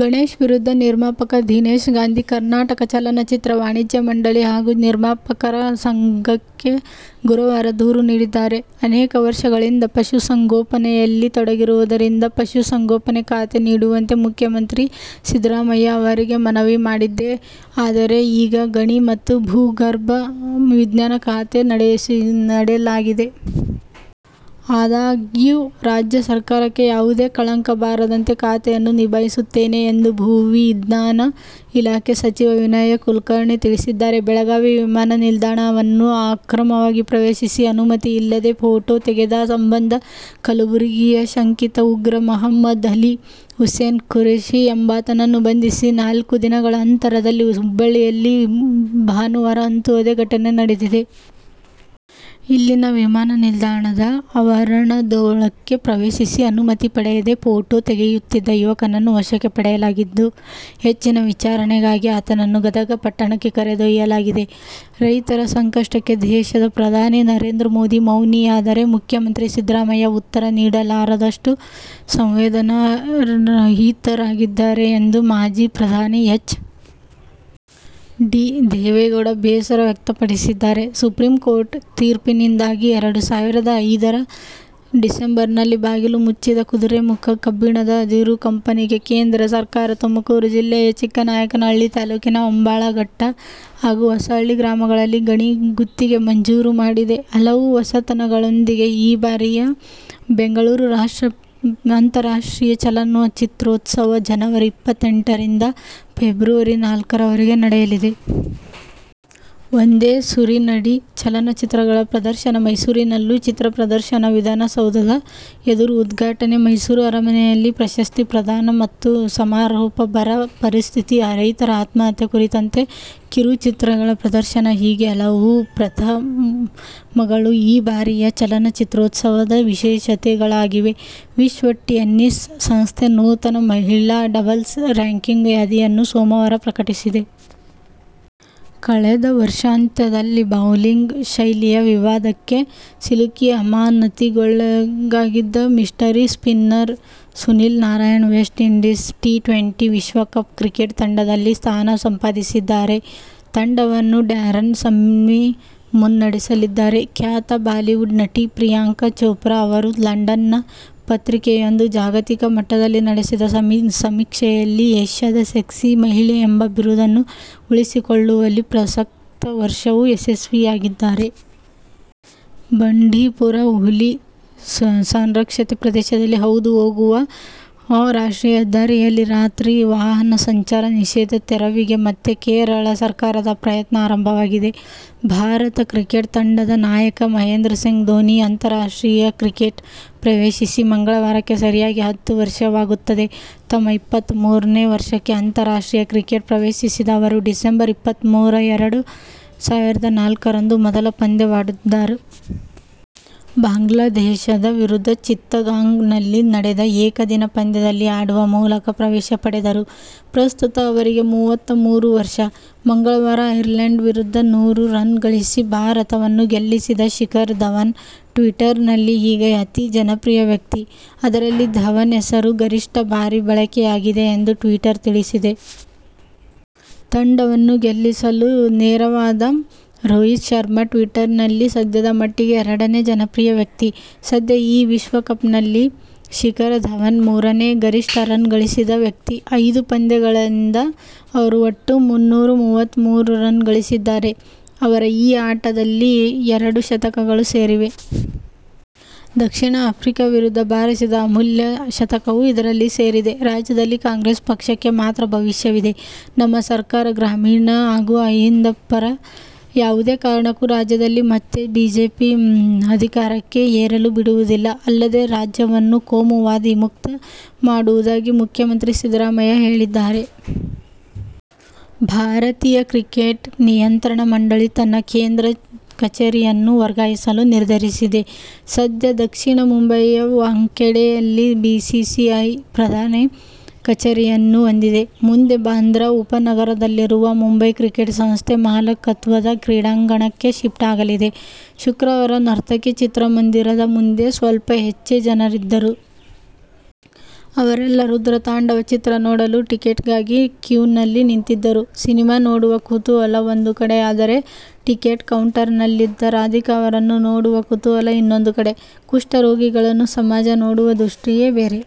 ಗಣೇಶ್ ವಿರುದ್ಧ ನಿರ್ಮಾಪಕ ದಿನೇಶ್ ಗಾಂಧಿ ಕರ್ನಾಟಕ ಚಲನಚಿತ್ರ ವಾಣಿಜ್ಯ ಮಂಡಳಿ ಹಾಗೂ ನಿರ್ಮಾಪಕರ ಸಂಘಕ್ಕೆ ಗುರುವಾರ ದೂರು ನೀಡಿದ್ದಾರೆ. ಅನೇಕ ವರ್ಷಗಳಿಂದ ಪಶುಸಂಗೋಪನೆಯಲ್ಲಿ ತೊಡಗಿರುವುದರಿಂದ ಪಶುಸಂಗೋಪನೆ ಖಾತೆ ನೀಡುವಂತೆ ಮುಖ್ಯಮಂತ್ರಿ ಸಿದ್ದರಾಮಯ್ಯ ಅವರಿಗೆ ಮನವಿ ಮಾಡಿದ್ದೆ. ಆದರೆ ಈಗ ಗಣಿ ಮತ್ತು ಭೂಗರ್ಭ ವಿಜ್ಞಾನ ಖಾತೆ ನೀಡಲಾಗಿದೆ. ಆದಾಗ್ಯೂ ರಾಜ್ಯ ಸರ್ಕಾರಕ್ಕೆ ಯಾವುದೇ ಕಳಂಕ ಬಾರದಂತೆ ಖಾತೆಯನ್ನು ನಿಭಾಯಿಸುತ್ತೇನೆ ಎಂದು ಭೂವಿಜ್ಞಾನ ಇಲಾಖೆ ಸಚಿವ ವಿನಯ ಕುಲಕರ್ಣಿ ತಿಳಿಸಿದ್ದಾರೆ. ಬೆಳಗಾವಿ ವಿಮಾನ ನಿಲ್ದಾಣವನ್ನು ಅಕ್ರಮವಾಗಿ ಪ್ರವೇಶಿಸಿ ಅನುಮತಿ ಇಲ್ಲದೇ ಫೋಟೋ ತೆಗೆದ ಸಂಬಂಧ ಕಲಬುರಗಿಯ ಶಂಕಿತ ಉಗ್ರ ಮಹಮ್ಮದ್ ಅಲಿ ಹುಸೇನ್ ಖುರೇಶಿ ಎಂಬಾತನನ್ನು ಬಂಧಿಸಿದ ನಾಲ್ಕು ದಿನಗಳ ಅಂತರದಲ್ಲಿ ಹುಬ್ಬಳ್ಳಿಯಲ್ಲೂ ಭಾನುವಾರ ಅಂತಹುದೇ ಘಟನೆ ನಡೆದಿದೆ. ಇಲ್ಲಿನ ವಿಮಾನ ನಿಲ್ದಾಣದ ಆವರಣದೊಳಕ್ಕೆ ಪ್ರವೇಶಿಸಿ ಅನುಮತಿ ಪಡೆಯದೇ ಫೋಟೋ ತೆಗೆಯುತ್ತಿದ್ದ ಯುವಕನನ್ನು ವಶಕ್ಕೆ ಪಡೆಯಲಾಗಿದ್ದು ಹೆಚ್ಚಿನ ವಿಚಾರಣೆಗಾಗಿ ಆತನನ್ನು ಗದಗ ಪಟ್ಟಣಕ್ಕೆ ಕರೆದೊಯ್ಯಲಾಗಿದೆ. ರೈತರ ಸಂಕಷ್ಟಕ್ಕೆ ದೇಶದ ಪ್ರಧಾನಿ ನರೇಂದ್ರ ಮೋದಿ ಮೌನಿಯಾದರೆ ಮುಖ್ಯಮಂತ್ರಿ ಸಿದ್ದರಾಮಯ್ಯ ಉತ್ತರ ನೀಡಲಾರದಷ್ಟು ಸಂವೇದನಾರಹಿತರಾಗಿದ್ದಾರೆ ಎಂದು ಮಾಜಿ ಪ್ರಧಾನಿ ಎಚ್. ಡಿ. ದೇವೇಗೌಡ ಬೇಸರ ವ್ಯಕ್ತಪಡಿಸಿದ್ದಾರೆ. ಸುಪ್ರೀಂಕೋರ್ಟ್ ತೀರ್ಪಿನಿಂದಾಗಿ ಎರಡು ಸಾವಿರದ ಐದರ ಡಿಸೆಂಬರ್‌ನಲ್ಲಿ ಬಾಗಿಲು ಮುಚ್ಚಿದ ಕುದುರೆಮುಖ ಕಬ್ಬಿಣದ ಅದಿರು ಕಂಪನಿಗೆ ಕೇಂದ್ರ ಸರ್ಕಾರ ತುಮಕೂರು ಜಿಲ್ಲೆಯ ಚಿಕ್ಕನಾಯಕನಹಳ್ಳಿ ತಾಲೂಕಿನ ಹೊಂಬಾಳಘಟ್ಟ ಹಾಗೂ ಹೊಸಹಳ್ಳಿ ಗ್ರಾಮಗಳಲ್ಲಿ ಗಣಿ ಗುತ್ತಿಗೆ ಮಂಜೂರು ಮಾಡಿದೆ. ಹಲವು ಹೊಸತನಗಳೊಂದಿಗೆ ಈ ಬಾರಿಯ ಬೆಂಗಳೂರು ಅಂತಾರಾಷ್ಟ್ರೀಯ ಚಲನಚಿತ್ರೋತ್ಸವ ಜನವರಿ ಇಪ್ಪತ್ತೆಂಟರಿಂದ ಫೆಬ್ರವರಿ ನಾಲ್ಕರವರೆಗೆ ನಡೆಯಲಿದೆ. ಒಂದೇ ಸೂರಿನಡಿ ಚಲನಚಿತ್ರಗಳ ಪ್ರದರ್ಶನ ಮೈಸೂರಿನಲ್ಲೂ ಚಿತ್ರಪ್ರದರ್ಶನ ವಿಧಾನಸೌಧದ ಎದುರು ಉದ್ಘಾಟನೆ ಮೈಸೂರು ಅರಮನೆಯಲ್ಲಿ ಪ್ರಶಸ್ತಿ ಪ್ರದಾನ ಮತ್ತು ಸಮಾರೋಪ ಬರ ಪರಿಸ್ಥಿತಿ ರೈತರ ಆತ್ಮಹತ್ಯೆ ಕುರಿತಂತೆ ಕಿರುಚಿತ್ರಗಳ ಪ್ರದರ್ಶನ ಹೀಗೆ ಹಲವು ಪ್ರಥಮಗಳು ಈ ಬಾರಿಯ ಚಲನಚಿತ್ರೋತ್ಸವದ ವಿಶೇಷತೆಗಳಾಗಿವೆ. ವಿಶ್ವ ಟೆನಿಸ್ ಸಂಸ್ಥೆ ನೂತನ ಮಹಿಳಾ ಡಬಲ್ಸ್ ರ್ಯಾಂಕಿಂಗ್ ಯಾದಿಯನ್ನು ಸೋಮವಾರ ಪ್ರಕಟಿಸಿದೆ. ಕಳೆದ ವರ್ಷಾಂತ್ಯದಲ್ಲಿ ಬೌಲಿಂಗ್ ಶೈಲಿಯ ವಿವಾದಕ್ಕೆ ಸಿಲುಕಿ ಅಮಾನತಿಗೊಳಗಾಗಿದ್ದ mystery spinner Sunil Narine West Indies T twenty ವಿಶ್ವಕಪ್ ಕ್ರಿಕೆಟ್ ತಂಡದಲ್ಲಿ ಸ್ಥಾನ ಸಂಪಾದಿಸಿದ್ದಾರೆ. ತಂಡವನ್ನು ಡ್ಯಾರನ್ ಸಮ್ಮಿ ಮುನ್ನಡೆಸಲಿದ್ದಾರೆ. ಖ್ಯಾತ ಬಾಲಿವುಡ್ ನಟಿ ಪ್ರಿಯಾಂಕಾ ಚೋಪ್ರಾ ಅವರು ಲಂಡನ್‌ನ ಪತ್ರಿಕೆಯೊಂದು ಜಾಗತಿಕ ಮಟ್ಟದಲ್ಲಿ ನಡೆಸಿದ ಸಮೀಕ್ಷೆಯಲ್ಲಿ ಏಷ್ಯಾದ ಸೆಕ್ಸಿ ಮಹಿಳೆ ಎಂಬ ಬಿರುದನ್ನು ಉಳಿಸಿಕೊಳ್ಳುವಲ್ಲಿ ಪ್ರಸಕ್ತ ವರ್ಷವೂ ಯಶಸ್ವಿಯಾಗಿದ್ದಾರೆ. ಬಂಡೀಪುರ ಹುಲಿ ಸಂರಕ್ಷಿತ ಪ್ರದೇಶದಲ್ಲಿ ಹಾದು ಹೋಗುವ ರಾಷ್ಟ್ರೀಯ ಹೆದ್ದಾರಿಯಲ್ಲಿ ರಾತ್ರಿ ವಾಹನ ಸಂಚಾರ ನಿಷೇಧ ತೆರವಿಗೆ ಮತ್ತೆ ಕೇರಳ ಸರ್ಕಾರದ ಪ್ರಯತ್ನ ಆರಂಭವಾಗಿದೆ. ಭಾರತ ಕ್ರಿಕೆಟ್ ತಂಡದ ನಾಯಕ ಮಹೇಂದ್ರಸಿಂಗ್ ಧೋನಿ ಅಂತಾರಾಷ್ಟ್ರೀಯ ಕ್ರಿಕೆಟ್ ಪ್ರವೇಶಿಸಿ ಮಂಗಳವಾರಕ್ಕೆ ಸರಿಯಾಗಿ ಹತ್ತು ವರ್ಷವಾಗುತ್ತದೆ. ತಮ್ಮ ಇಪ್ಪತ್ತಮೂರನೇ ವರ್ಷಕ್ಕೆ ಅಂತಾರಾಷ್ಟ್ರೀಯ ಕ್ರಿಕೆಟ್ ಪ್ರವೇಶಿಸಿದ ಅವರು ಡಿಸೆಂಬರ್ ಇಪ್ಪತ್ತಮೂರು ಎರಡು ಸಾವಿರದ ನಾಲ್ಕರಂದು ಮೊದಲ ಪಂದ್ಯವಾಡಿದ್ದರು. ಬಾಂಗ್ಲಾದೇಶದ ವಿರುದ್ಧ ಚಿತ್ತಗಾಂಗ್‌ನಲ್ಲಿ ನಡೆದ ಏಕದಿನ ಪಂದ್ಯದಲ್ಲಿ ಆಡುವ ಮೂಲಕ ಪ್ರವೇಶ ಪಡೆದರು. ಪ್ರಸ್ತುತ ಅವರಿಗೆ ಮೂವತ್ತಮೂರು ವರ್ಷ. ಮಂಗಳವಾರ ಐರ್ಲೆಂಡ್ ವಿರುದ್ಧ ನೂರು ರನ್ ಗಳಿಸಿ ಭಾರತವನ್ನು ಗೆಲ್ಲಿಸಿದ ಶಿಖರ್ ಧವನ್ ಟ್ವಿಟರ್‌ನಲ್ಲಿ ಈಗ ಅತಿ ಜನಪ್ರಿಯ ವ್ಯಕ್ತಿ. ಅದರಲ್ಲಿ ಧವನ್ ಹೆಸರು ಗರಿಷ್ಠ ಬಾರಿ ಬಳಕೆಯಾಗಿದೆ ಎಂದು ಟ್ವಿಟರ್ ತಿಳಿಸಿದೆ. ತಂಡವನ್ನು ಗೆಲ್ಲಿಸಲು ನೆರವಾದ ರೋಹಿತ್ ಶರ್ಮಾ ಟ್ವಿಟರ್‌ನಲ್ಲಿ ಸದ್ಯದ ಮಟ್ಟಿಗೆ ಎರಡನೇ ಜನಪ್ರಿಯ ವ್ಯಕ್ತಿ. ಸದ್ಯ ಈ ವಿಶ್ವಕಪ್‌ನಲ್ಲಿ ಶಿಖರ್ ಧವನ್ ಮೂರನೇ ಗರಿಷ್ಠ ರನ್ ಗಳಿಸಿದ ವ್ಯಕ್ತಿ. ಐದು ಪಂದ್ಯಗಳಿಂದ ಅವರು ಒಟ್ಟು ಮುನ್ನೂರ ಮೂವತ್ತಮೂರು ರನ್ ಗಳಿಸಿದ್ದಾರೆ. ಅವರ ಈ ಆಟದಲ್ಲಿ ಎರಡು ಶತಕಗಳು ಸೇರಿವೆ. ದಕ್ಷಿಣ ಆಫ್ರಿಕಾ ವಿರುದ್ಧ ಬಾರಿಸಿದ ಅಮೂಲ್ಯ ಶತಕವೂ ಇದರಲ್ಲಿ ಸೇರಿದೆ. ರಾಜ್ಯದಲ್ಲಿ ಕಾಂಗ್ರೆಸ್ ಪಕ್ಷಕ್ಕೆ ಮಾತ್ರ ಭವಿಷ್ಯವಿದೆ. ನಮ್ಮ ಸರ್ಕಾರ ಗ್ರಾಮೀಣ ಹಾಗೂ ಅಹಿಂದ ಪರ. ಯಾವುದೇ ಕಾರಣಕ್ಕೂ ರಾಜ್ಯದಲ್ಲಿ ಮತ್ತೆ ಬಿಜೆಪಿ ಅಧಿಕಾರಕ್ಕೆ ಏರಲು ಬಿಡುವುದಿಲ್ಲ. ಅಲ್ಲದೇ ರಾಜ್ಯವನ್ನು ಕೋಮುವಾದಿ ಮುಕ್ತ ಮಾಡುವುದಾಗಿ ಮುಖ್ಯಮಂತ್ರಿ ಸಿದ್ಧರಾಮಯ್ಯ ಹೇಳಿದ್ದಾರೆ. ಭಾರತೀಯ ಕ್ರಿಕೆಟ್ ನಿಯಂತ್ರಣ ಮಂಡಳಿ ತನ್ನ ಕೇಂದ್ರ ಕಚೇರಿಯನ್ನು ವರ್ಗಾಯಿಸಲು ನಿರ್ಧರಿಸಿದೆ. ಸದ್ಯ ದಕ್ಷಿಣ ಮುಂಬಯಿಯ ವಾಂಖೆಡೆಯಲ್ಲಿ ಬಿಸಿಸಿಐ ಪ್ರಧಾನ ಕಚೇರಿಯನ್ನು ಹೊಂದಿದೆ. ಮುಂದೆ ಬಾಂದ್ರಾ ಉಪನಗರದಲ್ಲಿರುವ ಮುಂಬೈ ಕ್ರಿಕೆಟ್ ಸಂಸ್ಥೆ ಮಾಲಕತ್ವದ ಕ್ರೀಡಾಂಗಣಕ್ಕೆ ಶಿಫ್ಟ್ ಆಗಲಿದೆ. ಶುಕ್ರವಾರ ನರ್ತಕಿ ಚಿತ್ರಮಂದಿರದ ಮುಂದೆ ಸ್ವಲ್ಪ ಹೆಚ್ಚೇ ಜನರಿದ್ದರು. ಅವರೆಲ್ಲ ರುದ್ರತಾಂಡವ ಚಿತ್ರ ನೋಡಲು ಟಿಕೆಟ್ಗಾಗಿ ಕ್ಯೂನಲ್ಲಿ ನಿಂತಿದ್ದರು. ಸಿನಿಮಾ ನೋಡುವ ಕುತೂಹಲ ಒಂದು ಕಡೆಯಾದರೆ ಟಿಕೆಟ್ ಕೌಂಟರ್‌ನಲ್ಲಿದ್ದ ರಾಧಿಕಾ ಅವರನ್ನು ನೋಡುವ ಕುತೂಹಲ ಇನ್ನೊಂದು ಕಡೆ. ಕುಷ್ಠರೋಗಿಗಳನ್ನು ಸಮಾಜ ನೋಡುವ ದೃಷ್ಟಿಯೇ ಬೇರೆ.